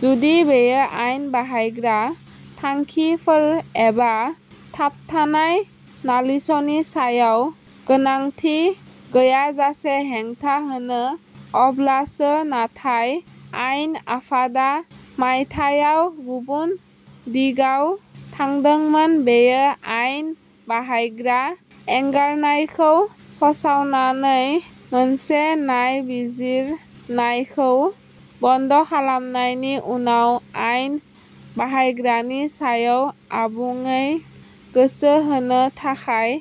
जुदि बेयो आयेन बाहायग्रा थांखिफोर एबा थाबथानाय नालिसनि सायाव गोनांथि गैयाजासे हेंथा होयो अब्लासो। नाथाय आयेन आफादा मायथाइयाव गुबुन दिगाव थांदोंमोन। बेयो आयेन बाहायग्रा एंगारनायखौ फोसाबनानै मोनसे नायबिजिरनायखौ बन्द खालामनायनि उनाव आयेन बाहायग्रानि सायाव आबुङै गोसो होनो थाखाय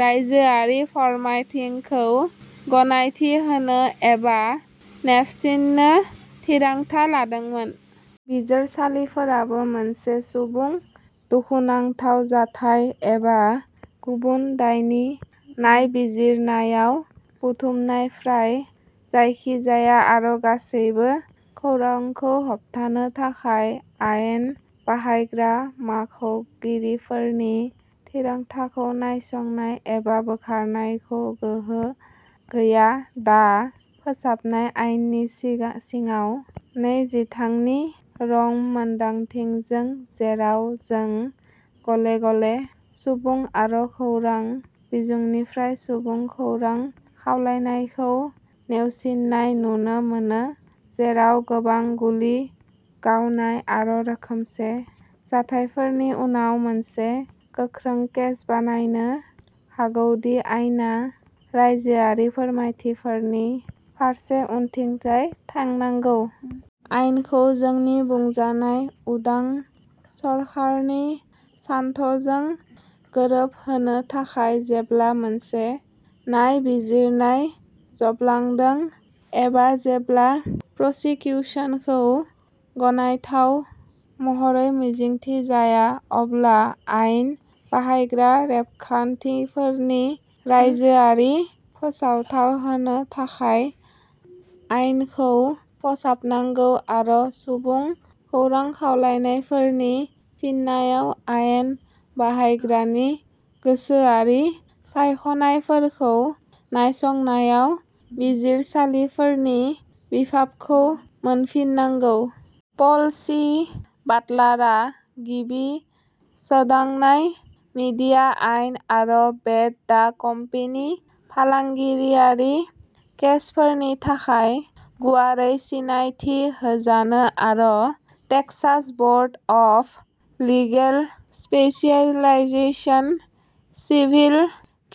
रायजोआरि फोरमायथिखौ गनायथि होनो एबा नेवसिनो थिरांथा लादोंमोन। बिजिरसालिफोराबो मोनसे सुबुं दुखुनांथाव जाथाय एबा गुबुन दायनि नायबिजिरनायाव बुथुमनाय फ्राय जायखिजाया आरो गासिबो खौरांखौ होबथानो थाखाय आयेन बाहायग्रा मावख'गिरिफोरनि थिरांथाखौ नायसंनो एबा बोखारनो गोहो गैया। दा, फोसाबनाय आयेननि सिगां सिङाव नै जिथायनि रोंमोनदांथिजों जेराव जों गले-गले सुबुं आरो खौरां बिजोंनिफ्राय सुबुं खौरां खावलायनायखौ नेवसिनाय नुनो मोनो, जेराव गोबां गुलि गावनाय आरो रोखोमसे जाथायफोरनि उनाव, मोनसे गोख्रों केस बानायनो हागौ दि आयेना रायजोआरि फोरमायथिनि फारसे उनथिंजाय थांनांगौ। आयेनखौ जोंनि बुंजानाय उदां सोरखारनि सानथौजों गोरोबहोनो थाखाय, जेब्ला मोनसे नायबिजिरनाया जोबलाङो एबा जेब्ला प्रसिकिउसनखौ गनायथाव महरै मिजिंथिजाया अब्ला आयेन बाहायग्रा रेबगान्थिफोरनि रायजोआरि फोसावथाय होनो थाखाय आइनखौ फोसाबनांगौ आरो सुबुं खौरां खावलायनायफोरनि फिननायाव आयेन बाहायग्रानि गोसोआरि सायख'नायफोरखौ नायसंनायाव बिजिरसालिफोरनि बिफावखौ मोनफिननांगौ। पल सि वाट्लारआ गिबि सोदांनाय, मीडिया आयेन, आरो बेट दा कम्पानि फालांगियारि केसफोरनि थाखाय गुवारै सिनायथि होजायो आरो टेक्सास बर्ड अफ लिगेल स्पेशियलाइजेशनजों सिभिल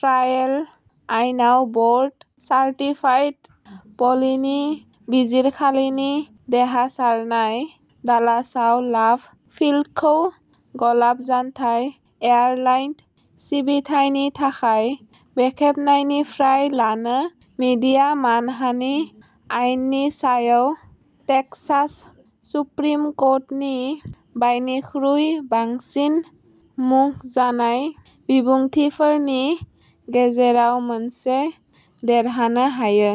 ट्रायल आयेनाव बर्ड सार्टिफाइड। पलनि बिजिरसालिनि देरहासारनाया डालासआव लाभ फील्डखौ गोलाव जानथाय एयारलाइन सिबिथायनि थाखाय बेखेवनायनिफ्राय लानानै मीडिया मानहानि आयेननि सायाव टेक्सास सुप्रिम कर्टनि बयनिख्रुइ बांसिन मुंख'जानाय बिबुंथिफोरनि गेजेराव मोनसे देरहानो हायो।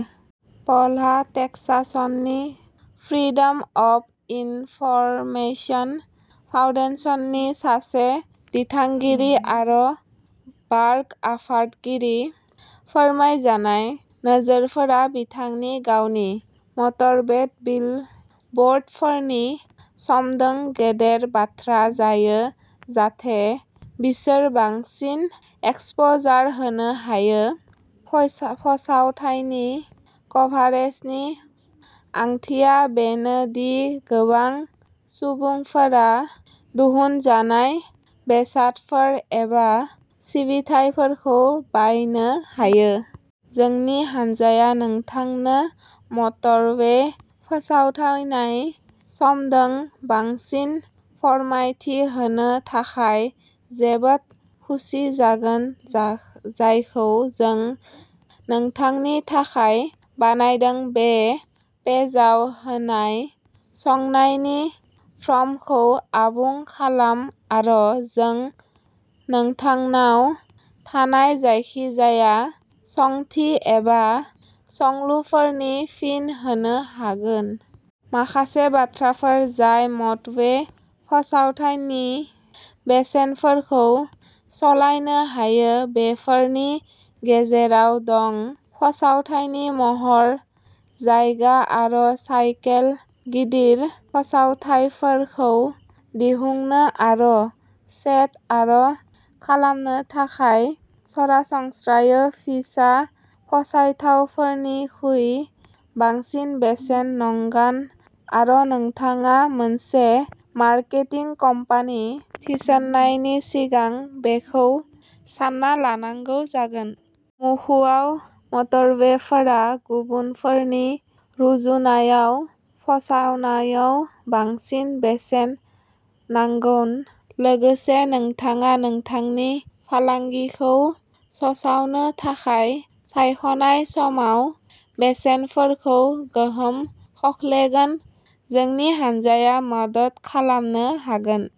पलआ टेक्सासनि फ्रिडम अफ इनफरमेशन फाउन्डेशननि सासे दिथागिरि आरो बारग' आफादगिरि। फोरमायजानाय नोजोरफोरा बिथांनि गावनि। मटरवे बिलबोर्डफोरनि सोमोन्दै गेदेर बाथ्राया जायो जाहाथे बिसोर बांसिन एक्सप'जार होनो हायो। फरायसा फोसावथायनि कभारेजनि ओंथिया बेनो दि गोबां सुबुंफोरा दिहुनजानाय बेसादफोर एबा सिबिथाइफोरखौ बायनो हागौ। जोंनि हान्जाया नोंथांनो मटरवे फोसावथायनि सोमोन्दै बांसिन फोरमायथि होनो थाखाय जोबोद खुसि जागोन, जाय जायखौ जों नोंथांनि थाखाय बानायदों बे पेजआव होनाय सोंनायनि फर्मखौ आबुं खालाम आरो जों नोंथांनाव थानाय जायखिजाया सोंथि एबा सोंलुफोरनि फिन होनो हागोन। माखासे बाथ्राफोर जाय मटरवे फोसावथायनि बेसेनफोरखौ सोलायनो हागौ, बेफोरनि गेजेराव दं फोसावथायनि महर, जायगा आरो साइकेल। गिदिर फोसावथाइफोरखौ दिहुन्नो आरो सेट आप खालामनो थाखाय सरासनस्रायै फिसा फोसावथाइफोरनिख्रुइ बांसिन बेसेन नांगोन आरो नोंथाङा मोनसे मार्केटिं कम्पानि थिसननायनि सिगां बेखौ सान्ना लानांगौ जागोन। मुखुब मटरवेफोरा गुबुनफोरनि रुजुनायाव फोसावनायाव बांसिन बेसेन नांगोन। लोगोसे, नोंथाङा नोंथांनि फालांगिखौ फोसावनो थाखाय सायख'नाय समआबो बेसेनफोरखौ गोहोम खोख्लैगोन। जोंनि हान्जाया मदद खालामनो हागोन।